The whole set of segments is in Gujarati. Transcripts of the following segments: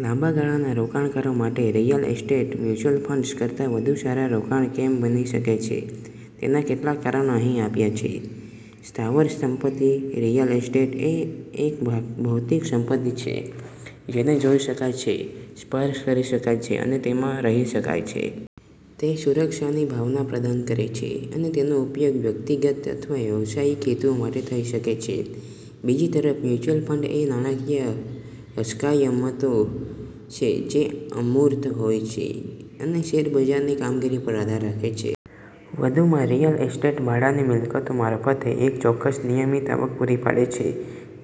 લાંબા ગાળાના રોકાણકારો માટે રિયલ એસ્ટેટ મ્યુચ્યુઅલ ફંડ્સ કરતાં વધુ સારું રોકાણ કેમ બની શકે છે તેનાં કેટલાક કારણો અહીં આપ્યાં છે: સ્થાવર સંપત્તિ: રિયલ એસ્ટેટ એ એક ભૌતિક સંપત્તિ છે જેને જોઈ શકાય છે, સ્પર્શ કરી શકાય છે અને તેમાં રહી શકાય છે. તે સુરક્ષાની ભાવના પ્રદાન કરે છે અને તેનો ઉપયોગ વ્યક્તિગત અથવા વ્યવસાયિક હેતુઓ માટે થઈ શકે છે. બીજી તરફ, મ્યુચ્યુઅલ ફંડ એ નાણાકીય અસ્કયામતો છે જે અમૂર્ત હોય છે અને શેરબજારની કામગીરી પર આધાર રાખે છે. વધુમાં, રિયલ એસ્ટેટ ભાડાની મિલકતો મારફતે એક ચોક્કસ નિયમિત આવક પુરી પાડે છે,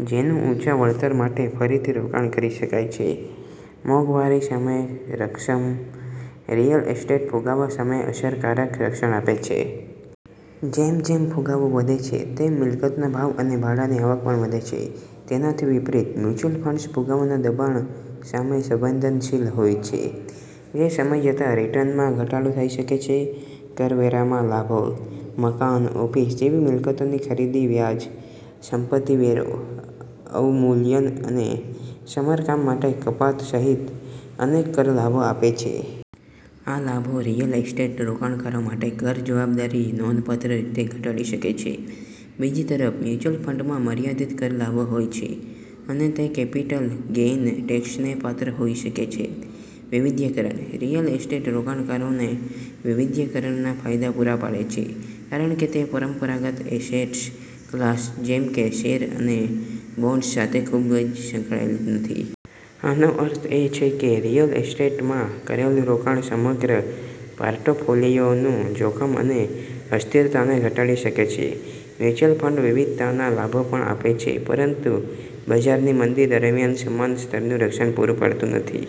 જેનું ઉંચા વળતર માટે ફરીથી રોકાણ કરી શકાય છે. મોંઘવારી સામે રક્ષમ: રિયલ એસ્ટેટ ફુગાવા સામે અસરકારક રક્ષણ આપે છે. જેમ જેમ ફુગાવો વધે છે, તેમ મિલકતના ભાવ અને ભાડાની આવક પણ વધે છે. તેનાથી વિપરીત, મ્યુચ્યુઅલ ફંડ્સ ફુગાવાના દબાણ સામે સંવેદનશીલ હોય છે, જે સમય જતાં રિટર્નમાં ઘટાડો થઇ શકે છે. કરવેરામાં લાભો: મકાન-ઓફિસ જેવી મિલકતોની ખરીદી વ્યાજ, સંપતિ વેરો, અવમૂલ્યન અને સમારકામ માટે કપાત સહિત અનેક કર લાભો આપે છે. આ લાભો રિયલ એસ્ટેટ રોકાણકારો માટે કર જવાબદારી નોંધપાત્ર રીતે ઘટાડી શકે છે. બીજી તરફ, મ્યુચ્યુઅલ ફંડમાં મર્યાદિત કર લાભો હોય છે અને તે કેપિટલ ગેઈન ટેક્સને પાત્ર હોઈ શકે છે. વૈવિધ્યકરણ: રિયલ એસ્ટેટ રોકાણકારોને વૈવિધ્યકરણના ફાયદા પૂરા પાડે છે, કારણ કે તે પરંપરાગત એસેટ્સ ક્લાસ જેમ કે શેર અને બોન્ડ્સ સાથે ખૂબ સંકળાયેલું નથી. આનો અર્થ એ છે કે રિયલ એસ્ટેટમાં કરેલું રોકાણ સમગ્ર પોર્ટફોલિયોનું જોખમ અને અસ્થિરતાને ઘટાડી શકે છે. મ્યુચ્યુઅલ ફંડ વિવિધતાના લાભો પણ આપે છે, પરંતુ બજારની મંદી દરમિયાન સમાન સ્તરનું રક્ષણ પૂરું પાડતું નથી.